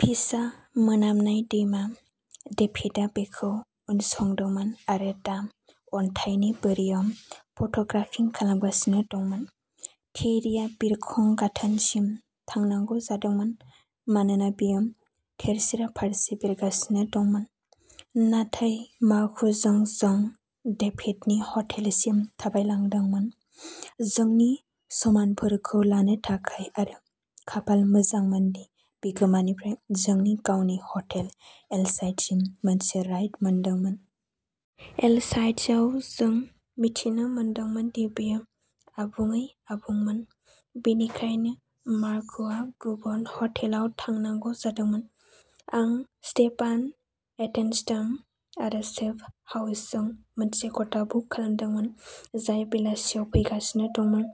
फिसा मोनामनाय दैमा। डेभिडआ बेखौ उनसंदोंमोन आरो दा अन्थाइनि बोरियाव फट'ग्राफिं खालामगासिनो दंमोन। थियेरिया बिरखं गाथोनसिम थांनांगौ जादोंमोन मानोना बियो तेरसिरा फारसे बिरगासिनो दंमोन, नाथाय मार्ककुजों जों डेभिडनि हटेलसिम थाबायलांदोंमोन जोंनि समानफोरखौ लानो थाखाय आरो खाफाल मोजांमोनदि बिगोमानिफ्राय जोंनि गावनि हटेल एलसाइड्ससिम मोनसे राइड मोनदोंमोन। एलसाइड्सआव जों मिथिनो मोनदोंमोन दि बेयो आबुङै आबुंमोन, बेनिखायनो मार्ककुआ गुबुन हटेलाव थांनांगौ जादोंमोन। आं स्टेफान एटेनस्टाम आरो सेप्प' हाविस्ट' जों मोनसे खथा बुक खालामदोंमोन, जाय बेलासियाव फैगासिनो दंमोन।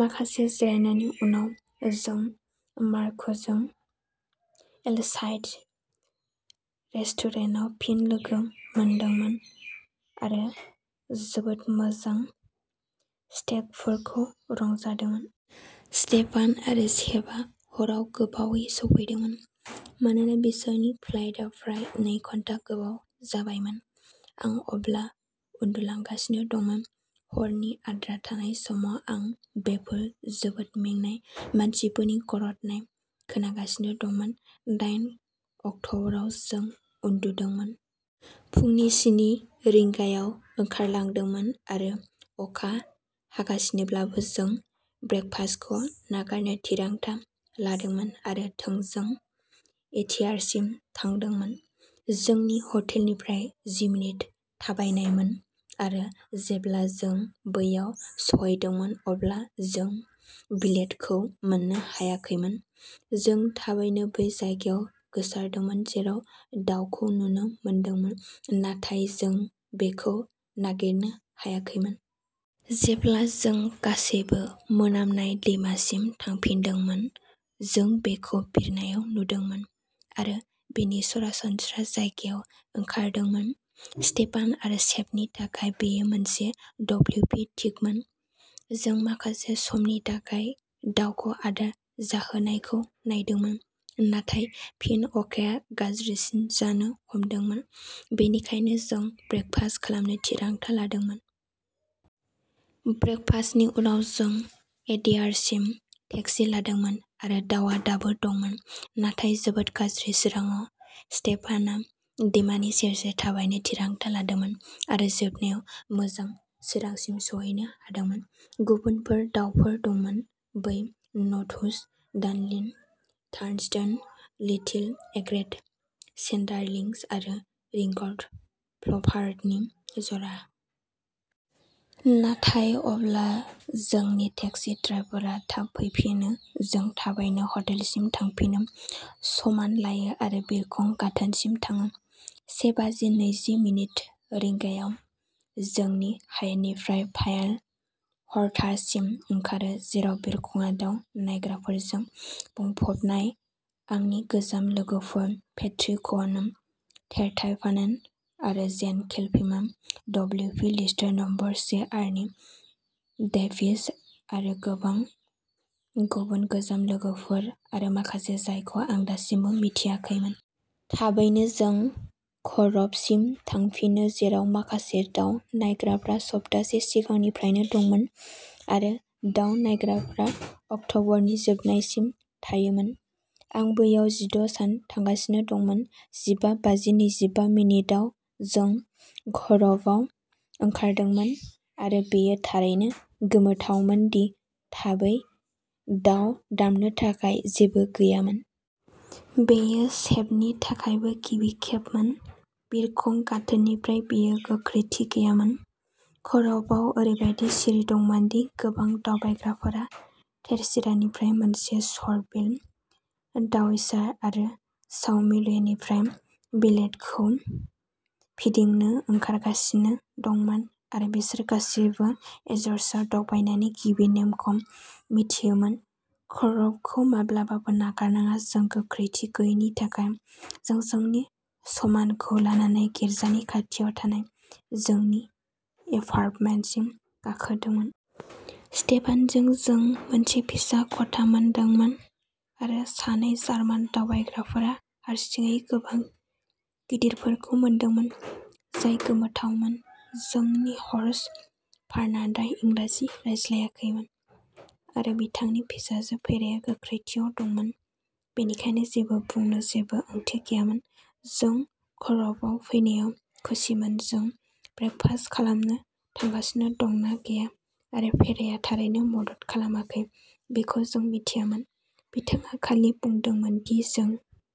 माखासे जिरायनायनि उनाव जों मार्ककुखौ एलसाइड्स रेस्टुरेन्टआव फिन लोगो मोनदोंमोन आरो जोबोद मोजां स्टेकफोरखौ रंजादोंमोन। स्टेफान आरो सेप्प'आ हराव गोबावै सौफैदोंमोन मानोना बिसोरनि फ्लाइटआ फ्राय नै घन्टा गोबाव जाबायमोन। आं अब्ला उन्दुलांगासिनो दंमोन। हरनि आद्रा थानाय समाव आं बेफोर जोबोद मेंनाय मानसिफोरनि गरदनाय खोनागासिनो दंमोन। दायेन अक्ट'बराव जों उन्दुदोंमोन। फुंनि स्नि रिंगायाव ओंखारलांदोंमोन आरो अखा हागासिनोब्लाबो जों ब्रेकफास्टखौ नागारनो थिरांथा लादोंमोन आरो थोंजों ईटीएआरसिम थांदोंमोन। जोंनि हटेलनिफ्राय जि मिनिट थाबायनायमोन आरो जेब्ला जों बैयाव सौहैदोंमोन अब्ला जों विलेटखौ मोननो हायाखैमोन। जों थाबैनो बै जायगायाव गोसारदोंमोन जेराव दाउखौ नुनो मोनदोंमोन नाथाय जों बेखौ नागिरनो हायाखैमोन। जेब्ला जों गासैबो मोनामनाय दैमासिम थांफिनदोंमोन, जों बेखौ बिरनायाव नुदोंमोन आरो बेनि सरासनस्रा जायगायाव ओंखारदोंमोन। स्टेफान आरो सेप्प'नि थाखाय बेयो मोनसे डब्लिउपी टिकमोन। जों माखासे समनि थाखाय दाउखौ आदार जाहोनायखौ नायदोंमोन नाथाय फिन अखाया गाज्रिसिन जानो हमदोंमोन बेनिखायनो जों ब्रेकफास्ट खालामनो थिरांथा लादोंमोन। ब्रेकफास्टनि उनाव जों ईटीएआरसिम टेक्सि लादोंमोन आरो दाउआ दाबो दंमोन, नाथाय जोबोद गाज्रि सोरांआव स्टेफानआ दैमानि सेर सेर थाबायनो थिरांथा लादोंमोन आरो जोबनायाव मोजां सोरांसिम सौहैनो हादोंमोन। गुबुनफोर दाउफोर दंमोन बै knots, dunlin, turnstone, little egret, sanderlings आरो रिंग्ड प्लभारनि जरा। नाथाय अब्ला जोंनि टेक्सि-ड्राइवरा थाब फैफिनो, जों थाबैनो ह'टेलसिम थांफिनो, समान लायो आरो बिरखं गाथोनसिम थाङो। से बाजि नैजि मिनिट रिंगायाव जोंनि हायेननिफ्राय फायाल, ह'र्टासिम ओंखारो, जेराव बिरखंआ दाव नायग्राफोरजों बुंफबनाय आंनि गोजाम लोगोफोर पेट्री कुहनो, टेर'टायभानेन आरो जेन किलपिमा, डब्लिउपि लिस्टार नम्बर से आर्नी डेभिस आरो गोबां गुबुन गोजाम लोगोफोर आरो माखासे जायखौ आं दासिमबो मिन्थियाखैमोन। थाबैनो जों क'रभ'सिम थांफिनो, जेराव माखासे दाव नायग्राफ्रा सप्तासे सिगांनिफ्रायनो दंमोन आरो दाव नायग्राफ्रा अक्ट'बरनि जोबनायसिम थायोमोन। आं बैयाव जिद' सान थांगासिनो दंमोन, जिबा बाजि नैजिबा मिनिट आव जों क'रभ'आव ओंखारदोंमोन आरो बेयो थारैनो गोमोथावमोन दि थाबै दाव दामनो थाखाय जेबो गैयामोन। बेयो सेप्प'नि थाखायबो गिबि खेबमोन। बिरखं गाथोननिफ्राय जेबो गोख्रैथि गैयामोन। करभ'आव ओरैबायदि सिरि दंमोन दि गोबां दावबायग्राफोरा तेरसिरानिफ्राय मोनसे शर्ट-बिल डाउइचार आरो साव मिगुएलनिफ्राय विलेटखौ फिदिंनो ओंखारगासिनो दंमोन आरो बिसोर गासिबो एजर'सआव दावबायनायनि गिबि नेमखौ मिथियोमोन करभ'खौ माब्लाबाबो नागार नाङा जों गोख्रैथि गैयिनि थाखाय, जों जोंनि समानखौ लानानै गिर्जानि खाथियाव थानाय जोंनि एपार्टमेन्टसिम गाखोदोंमोन। स्टेफानजों जों मोनसे फिसा खथा मोनदोंमोन आरो सानै जार्मान दावबायग्राफोरा हारसिङै गोबां गिदिरफोरखौ मोनदोंमोन, जाय गोमोथावमोन। जोंनि ह'स्ट फार्नान्ड'आ इंराजि रायज्लायाखैमोन आरो बिथांनि फिसाजो भेराया गोख्रैथिआव दंमोन, बेनिखायनो जेबो बुंनो जेबो ओंथि गैयामोन जों करभ'आव फैनायाव खुसिमोन जों ब्रेकफास्ट खालामनो थांगासिनो दं ना गैया आरो भेराया थारैनो मदद खालामाखै बेखौ जों मिथियामोन। बिथाङा खालि बुंदोंमोन दि जों